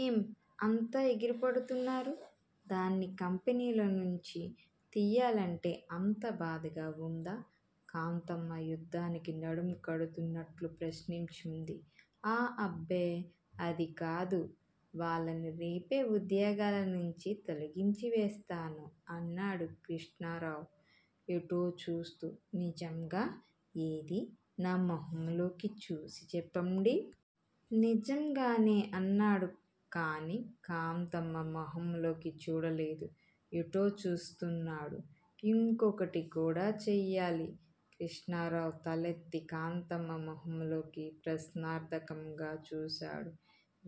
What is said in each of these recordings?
ఏం, అంత ఎగిరిపడుతున్నారు? దాన్ని కంపెనీలో నుంచి తియ్యాలంటే అంత బాధగా వుందా? కాంతమ్మ యుద్ధానికి నడుం కడుతున్నట్లు ప్రశ్నించింది. ఆ అబ్బే అదికాదు వాళ్ళను రేపే ఉద్యోగాల నుంచి తొలగించివేస్తాను అన్నాడు కృష్ణారావు ఎటో చూస్తూ. నిజంగా? ఏది నా మొహంలోకి చూసి చెప్పండి. నిజంగానే అన్నాడు కాని, కాంతమ్మ మొహంలోకి చూడలేదు. ఎటో చూస్తున్నాడు. ఇంకొకటి కూడా చెయ్యాలి. క్రిష్ణారావు తలెత్తి కాంతమ్మ మొహంలోకి ప్రశ్నార్థకంగా చూశాడు.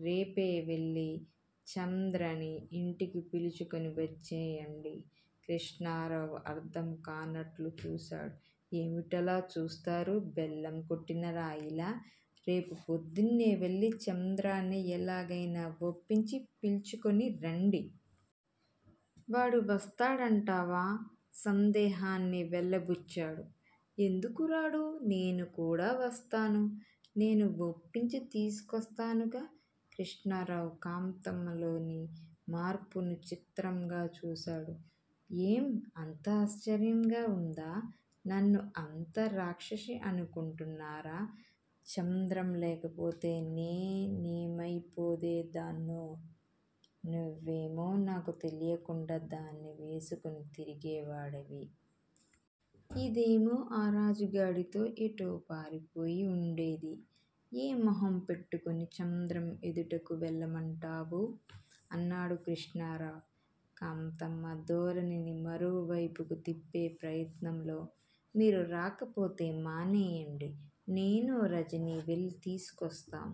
రేపే వెళ్ళి చంద్రన్ని ఇంటికి పిలుచుకొని వచ్చేయండి. క్రిష్ణారావు అర్థంకానట్లు చూశాడు. ఏమిటలా చూస్తారు బెల్లంకొట్టిన రాయిలా! రేపు పొద్దున్నే వెళ్ళి చంద్రాన్ని ఎలాగయినా ఒప్పించి పిల్చుకొని రండి. వాడు వస్తాడంటావా? సందేహాన్ని వెల్లబుచ్చాడు. ఎందుకురాడూ? నేను కూడా వస్తాను. నేను ఒప్పించి తీసుకొస్తానుగా? క్రిష్ణారావు కాంతమ్మలోని మార్పును చిత్రంగా చూశాడు. ఏం, అంత ఆశ్చర్యంగా ఉందా? నన్ను అంత రాక్షసి అనుకుంటున్నారా? చంద్రం లేకపోతే నేనేమయిపోయేదాన్నో! నువ్వేమో నాకు తెలియకుండా దాన్ని వేసుకొని తిరిగేవాడివి. ఇదేమో ఆ రాజుగాడితో ఎటో పారిపోయి ఉండేది. ఏ మొహం పెట్టుకొని చంద్రం ఎదుటకు వెళ్ళమంటావు? అన్నాడు క్రిష్ణారావు, కాంతమ్మ ధోరణిని మరోవైపుకు తిప్పే ప్రయత్నంలో. మీరు రాకపోతే మానేయండి. నేనూ, రజనీ వెళ్ళి తీసుకొస్తాం!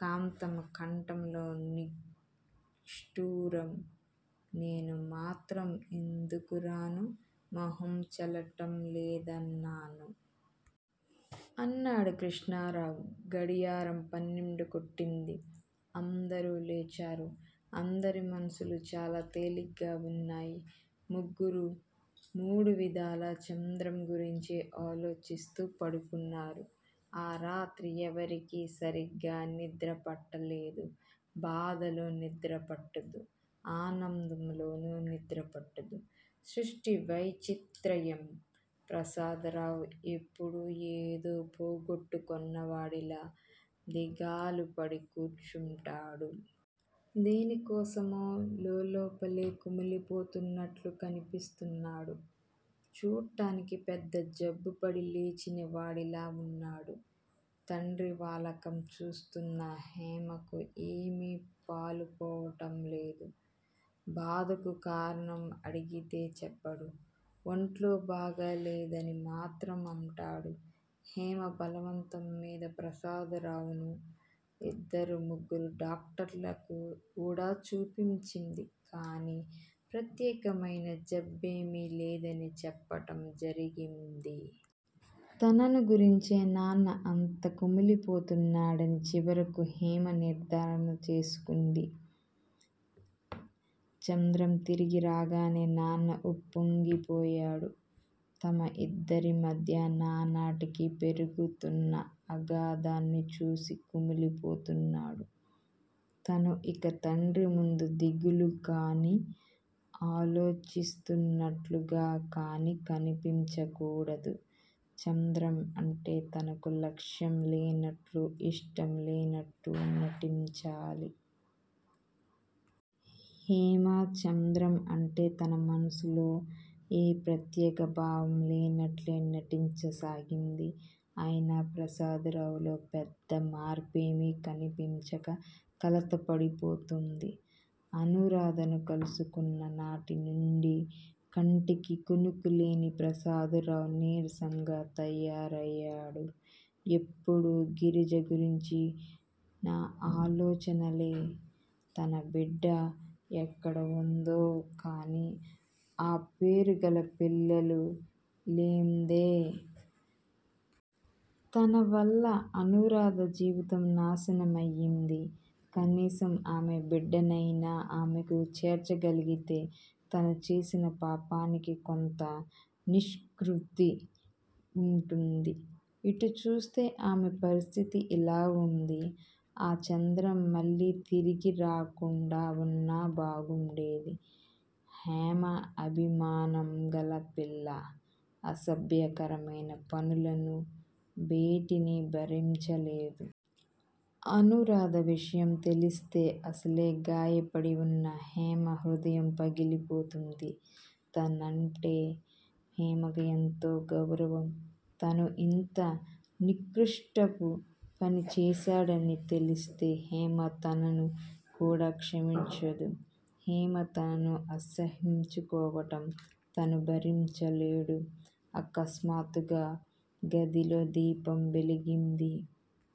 కాంతమ్మ కంఠంలో నిష్ఠూరం. నేను మాత్రం ఎందుకురాను? మొహం చెల్లటం లేదన్నాను. అన్నాడు క్రిష్ణారావు. గడియారం పన్నెండు కొట్టింది. అందరూ లేచారు. అందరి మనస్సులు చాలా తేలిగ్గా ఉన్నాయి. ముగ్గురూ మూడువిధాల చంద్రం గురించే ఆలోచిస్తూ పడుకున్నారు. ఆ రాత్రి ఎవరికీ సరిగ్గా నిద్రపట్టలేదు. బాధలో నిద్రపట్టదు. ఆనందంలోనూ నిద్రపట్టదు. సృష్టి వైచిత్రయం! ప్రసాదరావు ఎప్పుడూ ఏదో పోగొట్టుకొన్నవాడిలా దిగాలుపడి కూర్చుంటాడు. దేనికోసమో లోలోపలే కుమిలిపోతున్నట్లు కనిపిస్తున్నాడు. చూట్టానికి పెద్ద జబ్బుపడి లేచినవాడిలా ఉన్నాడు. తండ్రి వాలకం చూస్తున్న హేమకు ఏమీ పాలుపోవటం లేదు. బాధకు కారణం అడిగితే చెప్పడు. ఒంట్లో బాగాలేదని మాత్రం అంటాడు. హేమ బలవంతంమీద ప్రసాదరావును ఇద్దరు, ముగ్గురు డాక్టర్లకు కూడా చూపించింది. కాని, ప్రత్యేకమయిన జబ్బేమీలేదని చెప్పటం జరిగింది. తనను గురించే నాన్న అంత కుమిలిపోతున్నాడని చివరకు హేమ నిర్ధారణ చేసుకుంది. చంద్రం తిరిగిరాగానే నాన్న ఉప్పొంగిపోయాడు. తమ ఇద్దరిమధ్యా నానాటికీ పెరుగుతున్న అగాధాన్ని చూసి కుమిలిపోతున్నాడు. తను ఇక తండ్రి ముందు దిగులుకాని, ఆలోచిస్తున్నట్లుగా కానీ కనిపించకూడదు. చంద్రం అంటే తనకు లక్ష్యం లేనట్లూ, ఇష్టం లేనట్లూ నటించాలి. హేమ చంద్రం అంటే తన మనస్సులో ఏ ప్రత్యేక భావం లేనట్లే నటించసాగింది. అయినా ప్రసాదరావులో పెద్ద మార్పేమీ కనిపించక కలతపడిపోతుంది. అనురాధను కలుసుకున్న నాటినుండి కంటికి కునుకులేని ప్రసాదరావు నీరసంగా తయారయ్యాడు. ఎప్పుడూ గిరిజ గురించిన ఆలోచనలే. తన బిడ్డ యెక్కడవుందో! కాని, ఆ పేరుగల పిల్లలు లేందే! తన వల్ల అనూరాధ జీవితం నాశనమయ్యింది. కనీసం ఆమె బిడ్డనయినా ఆమెకు చేర్చగలిగితే తను చేసిన పాపానికి కొంత నిష్కృతి ఉంటుంది. ఇటు చూస్తే ఆమె పరిస్థితి ఇలా ఉంది! ఆ చంద్రం మళ్ళీ తిరిగిరాకుండా ఉన్నా బాగుండేది. హేమ అభిమానంగల పిల్ల. అసభ్యకరమైన పనులను వేటినీ భరించలేదు. అనూరాధ విషయం తెలిస్తే అసలే గాయపడి వున్న హేమ హృదయం పగిలిపోతుంది. తనంటే హేమకు యెంతో గౌరవం. తను ఇంత నికృష్టపు పని చేశాడని తెలిస్తే హేమ తనను కూడా క్షమించదు. హేమ తనను అసహ్యించుకోవటం తను భరించలేడు! ఆకస్మాత్తుగా గదిలో దీపం వెలిగింది.